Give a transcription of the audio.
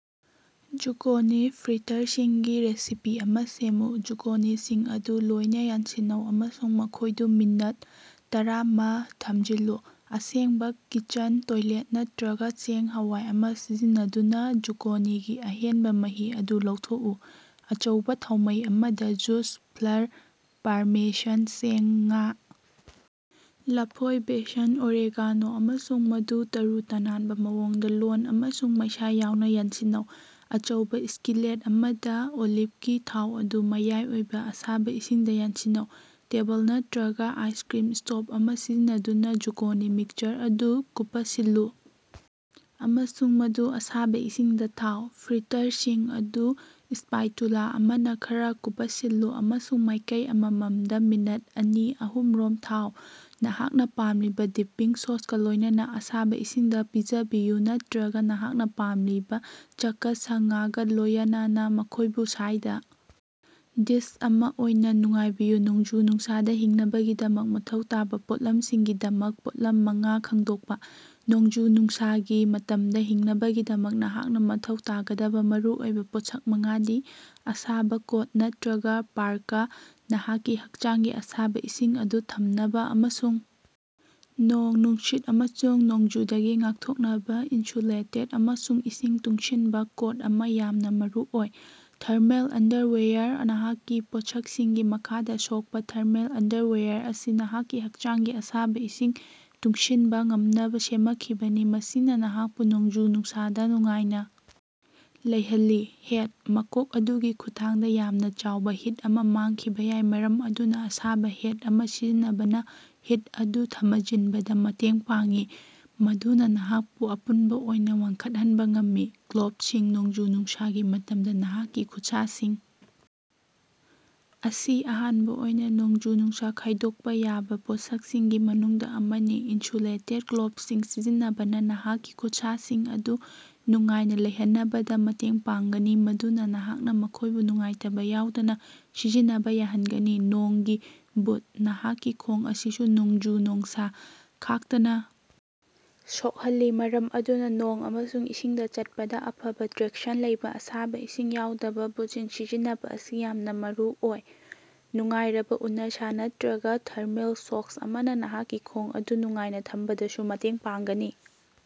Zucchini ꯐ꯭ꯔꯤꯇꯔꯁꯤꯡꯒꯤ recipe ꯑꯃꯥ ꯁꯦꯝꯃꯨ꯫ ꯖꯨꯀꯣꯅꯤꯁꯤꯡ ꯑꯗꯨ ꯂꯣꯏꯅꯥ ꯌꯥꯟꯁꯤꯟꯅꯧ ꯑꯃꯁꯨꯡ ꯃꯈꯣꯢꯗꯨ ꯃꯤꯅꯠ ꯇꯔꯥꯊꯃꯖꯤꯜꯂꯨ꯫ ꯑꯁꯦꯡꯕꯥ ꯀꯤꯆꯦꯟ ꯇꯣꯏꯂꯦꯠ ꯅꯠꯇ꯭ꯔꯒꯥ ꯆꯦꯡ-ꯍꯋꯥꯏ ꯑꯃꯥ ꯁꯤꯖꯤꯟꯅꯗꯨꯅꯥ ꯖꯨꯀꯣꯅꯤꯒꯤ ꯑꯍꯦꯟꯕꯥ ꯃꯍꯤ ꯑꯗꯨ ꯂꯧꯊꯣꯛꯎ꯫ ꯑꯆꯧꯕꯥ ꯊꯥꯎꯃꯩ ꯑꯃꯗꯥ ꯖꯨꯁ, ꯐ꯭ꯂꯔ, ꯄꯥꯔꯃꯦꯁꯟ ꯆꯦꯡ, ꯉꯥ, ꯂꯐꯣꯏ, ꯕꯦꯁꯟ, ꯑꯣꯔꯦꯒꯥꯅꯣ, ꯑꯃꯁꯨꯡ ꯃꯗꯨ ꯇꯔꯨ-ꯇꯅꯥꯟꯕꯥ ꯃꯑꯣꯡꯗꯥ ꯂꯣꯟ ꯑꯃꯁꯨꯡ ꯃꯩꯁꯥ ꯌꯥꯎꯅꯥ ꯌꯥꯟꯁꯤꯟꯅꯧ꯫ ꯑꯆꯧꯕꯥ ꯁ꯭ꯀꯤꯂꯦꯠ ꯑꯃꯗꯥ ꯑꯣꯂꯤꯚꯒꯤ ꯊꯥꯎ ꯑꯗꯨ ꯃꯌꯥꯏ ꯑꯣꯏꯕꯥ ꯑꯁꯥꯕꯥ ꯏꯁꯤꯡꯗꯥ ꯌꯥꯟꯁꯤꯟꯅꯧ꯫ ꯇꯦꯕꯜ ꯅꯠꯇ꯭ꯔꯒꯥ ꯑꯥꯏꯁꯀ꯭ꯔꯤꯝ ꯁ꯭ꯀꯣꯞ ꯑꯃꯥ ꯁꯤꯖꯤꯟꯅꯗꯨꯅꯥ ꯖꯨꯀꯣꯅꯤ ꯃꯤꯛꯁꯆꯔ ꯑꯗꯨ ꯀꯨꯄꯁꯤꯜꯂꯨ ꯑꯃꯁꯨꯡ ꯃꯗꯨ ꯑꯁꯥꯕꯥ ꯏꯁꯤꯡꯗꯥ ꯊꯥꯎ꯫ ꯐ꯭ꯔꯤꯇꯔꯁꯤꯡ ꯑꯗꯨ ꯁ꯭ꯄꯥꯏꯇꯨꯂꯥ ꯑꯃꯅꯥ ꯈꯔꯥ ꯀꯨꯄꯁꯤꯟꯂꯨ ꯑꯃꯁꯨꯡ ꯃꯥꯢꯀꯩ ꯑꯃꯃꯝꯗꯥ ꯃꯤꯅꯠ ꯑꯅꯤ ꯑꯍꯨꯝꯔꯣꯝ ꯊꯥꯎ꯫ ꯅꯍꯥꯛꯅꯥ ꯄꯥꯝꯂꯤꯕꯥ ꯗꯤꯞꯄꯤꯡ ꯁꯣꯁꯀꯥ ꯂꯣꯢꯅꯅꯥ ꯑꯁꯥꯕꯥ ꯏꯁꯤꯡꯗꯥ ꯄꯤꯖꯕꯤꯌꯨ ꯅꯠꯇ꯭ꯔꯒꯥ ꯅꯍꯥꯛꯅꯥ ꯄꯥꯝꯂꯤꯕꯥ ꯆꯥꯀꯁꯉꯒꯥ ꯂꯣꯌꯅꯅꯥ ꯃꯈꯣꯢꯕꯨ ꯁꯥꯏꯗ ꯗꯤꯁ ꯑꯃꯥ ꯑꯣꯏꯅꯥ ꯅꯨꯡꯉꯥꯏꯕꯤꯌꯨ꯫ ꯅꯣꯡꯖꯨ-ꯅꯨꯡꯁꯥꯗꯥ ꯍꯤꯡꯅꯕꯒꯤꯗꯃꯛ ꯃꯊꯧ ꯇꯥꯕꯥ ꯄꯣꯠꯂꯝ ꯁꯤꯡꯒꯤꯗꯃꯛ ꯄꯣꯠꯂꯝ ꯃꯉꯥ ꯈꯪꯗꯣꯛꯄꯥ꯫ ꯅꯣꯡꯖꯨ-ꯅꯨꯡꯁꯥꯒꯤ ꯃꯇꯝꯗꯥ ꯍꯤꯡꯅꯕꯒꯤꯗꯃꯛ ꯅꯍꯥꯛꯅꯥ ꯃꯊꯧ ꯇꯥꯒꯗꯕꯥ ꯃꯔꯨꯑꯣꯏꯕꯥ ꯄꯣꯠꯁꯛ ꯃꯉꯥꯗꯤ: ꯑꯁꯥꯕꯥ ꯀꯣꯠ ꯅꯠꯇ꯭ꯔꯒꯥ ꯄꯥꯔꯀꯥ: ꯅꯍꯥꯛꯀꯤ ꯍꯛꯆꯥꯡꯒꯤ ꯑꯁꯥꯕꯥ ꯏꯁꯤꯡ ꯑꯗꯨ ꯊꯝꯅꯕꯥ ꯑꯃꯁꯨꯡ ꯅꯣꯡ ꯅꯨꯡꯁꯤꯠ ꯑꯃꯁꯨꯡ ꯅꯣꯡꯖꯨꯗꯒꯤ ꯉꯥꯛꯊꯣꯛꯅꯕꯥ ꯏꯟꯁꯨꯂꯦꯇꯦꯗ ꯑꯃꯁꯨꯡ ꯏꯁꯤꯡ ꯇꯨꯡꯁꯤꯟꯕꯥ ꯀꯣꯠ ꯑꯃꯥ ꯌꯥꯝꯅꯥ ꯃꯔꯨꯑꯣꯏ꯫ ꯊꯔꯃꯦꯜ ꯑꯟꯗꯔꯋꯦꯌꯔ ꯅꯍꯥꯛꯀꯤ ꯄꯣꯠꯁꯛꯁꯤꯡꯒꯤ ꯃꯈꯥꯗꯥ ꯁꯣꯛꯄꯥ, ꯊꯔꯃꯦꯜ ꯑꯟꯗꯔꯋꯦꯌꯔ ꯑꯁꯤ ꯅꯍꯥꯛꯀꯤ ꯍꯛꯆꯥꯡꯒꯤ ꯑꯁꯥꯕꯥ ꯏꯁꯤꯡ ꯇꯨꯡꯁꯤꯟꯕꯥ ꯉꯝꯅꯕꯥ ꯁꯦꯃꯈꯤꯕꯅꯤ, ꯃꯁꯤꯅꯥ ꯅꯍꯥꯛꯄꯨ ꯅꯣꯡꯖꯨ-ꯅꯨꯡꯁꯥꯗꯥ ꯅꯨꯡꯉꯥꯏꯅꯥ ꯂꯩꯍꯜꯂꯤ꯫ ꯍꯦꯠ: ꯃꯀꯣꯛ ꯑꯗꯨꯒꯤ ꯈꯨꯠꯊꯥꯡꯗꯥ ꯌꯥꯝꯅꯥ ꯆꯥꯎꯕꯥ ꯍꯤꯠ ꯑꯃꯥ ꯃꯥꯡꯈꯤꯕꯥ ꯌꯥꯏ, ꯃꯔꯝ ꯑꯗꯨꯅꯥ ꯑꯁꯥꯕꯥ ꯍꯦꯠ ꯑꯃꯥ ꯁꯤꯖꯤꯟꯅꯕꯅꯥ ꯍꯤꯠ ꯑꯗꯨ ꯊꯃꯖꯤꯟꯕꯗꯥ ꯃꯇꯦꯡ ꯄꯥꯡꯏ, ꯃꯗꯨꯅꯥ ꯅꯍꯥꯛꯄꯨ ꯑꯄꯨꯟꯕꯥ ꯑꯣꯏꯅꯥ ꯋꯥꯡꯈꯠꯍꯟꯕꯥ ꯉꯝꯃꯤ꯫ ꯒ꯭ꯂꯣꯕꯁꯤꯡ ꯅꯣꯡꯖꯨ-ꯅꯨꯡꯁꯥꯒꯤ ꯃꯇꯝꯗꯥ, ꯅꯍꯥꯛꯀꯤ ꯈꯨꯠꯁꯥꯁꯤꯡ ꯑꯁꯤ ꯑꯍꯥꯟꯕꯥ ꯑꯣꯏꯅꯥ ꯅꯣꯡꯖꯨ-ꯅꯨꯡꯁꯥ ꯈꯥꯢꯗꯣꯛꯄꯥ ꯌꯥꯕꯥ ꯄꯣꯠꯁꯛꯁꯤꯡꯒꯤ ꯃꯅꯨꯡꯗꯥ ꯑꯃꯅꯤ꯫ ꯏꯟꯁꯨꯂꯦꯇꯦꯗ ꯒ꯭ꯂꯣꯕꯁꯤꯡ ꯁꯤꯖꯤꯟꯅꯕꯅꯥ ꯅꯍꯥꯛꯀꯤ ꯈꯨꯠꯁꯥꯁꯤꯡ ꯑꯗꯨ ꯅꯨꯡꯉꯥꯏꯅꯥ ꯂꯩꯍꯅꯕꯗꯥ ꯃꯇꯦꯡ ꯄꯥꯡꯒꯅꯤ, ꯃꯗꯨꯅꯥ ꯅꯍꯥꯛꯅꯥ ꯃꯈꯣꯢꯕꯨ ꯅꯨꯡꯉꯥꯏꯇꯕꯥ ꯌꯥꯎꯗꯅꯥ ꯁꯤꯖꯤꯟꯅꯕꯥ ꯌꯥꯍꯟꯒꯅꯤ꯫ ꯅꯣꯡꯒꯤ ꯕꯨꯠ: ꯅꯍꯥꯛꯀꯤ ꯈꯣꯡ ꯑꯁꯤꯁꯨ ꯅꯣꯡꯖꯨ-ꯅꯨꯡꯁꯥ ꯈꯥꯛꯇꯅꯥ ꯁꯣꯛꯍꯜꯂꯤ ꯃꯔꯝ ꯑꯗꯨꯅꯥ ꯅꯣꯡ ꯑꯃꯁꯨꯡ ꯏꯁꯤꯡꯗꯥ ꯆꯠꯄꯗꯥ ꯑꯐꯕꯥ ꯇ꯭ꯔꯦꯛꯁꯟ ꯂꯩꯕꯥ ꯑꯁꯥꯕꯥ ꯏꯁꯤꯡ ꯌꯥꯎꯗꯕꯥ ꯕꯨꯠꯁꯤꯡ ꯁꯤꯖꯤꯟꯅꯕꯥ ꯑꯁꯤ ꯌꯥꯝꯅꯥ ꯃꯔꯨꯑꯣꯏ꯫ ꯅꯨꯡꯉꯥꯏꯔꯕꯥ ꯎꯅꯁꯥ ꯅꯠꯇ꯭ꯔꯒꯥ ꯊꯔꯃꯦꯜ ꯁꯣꯛꯁ ꯑꯃꯅꯥ ꯅꯍꯥꯛꯀꯤ ꯈꯣꯡ ꯑꯗꯨ ꯅꯨꯡꯉꯥꯏꯅꯥ ꯊꯝꯕꯗꯁꯨ ꯃꯇꯦꯡ ꯄꯥꯡꯒꯅꯤ꯫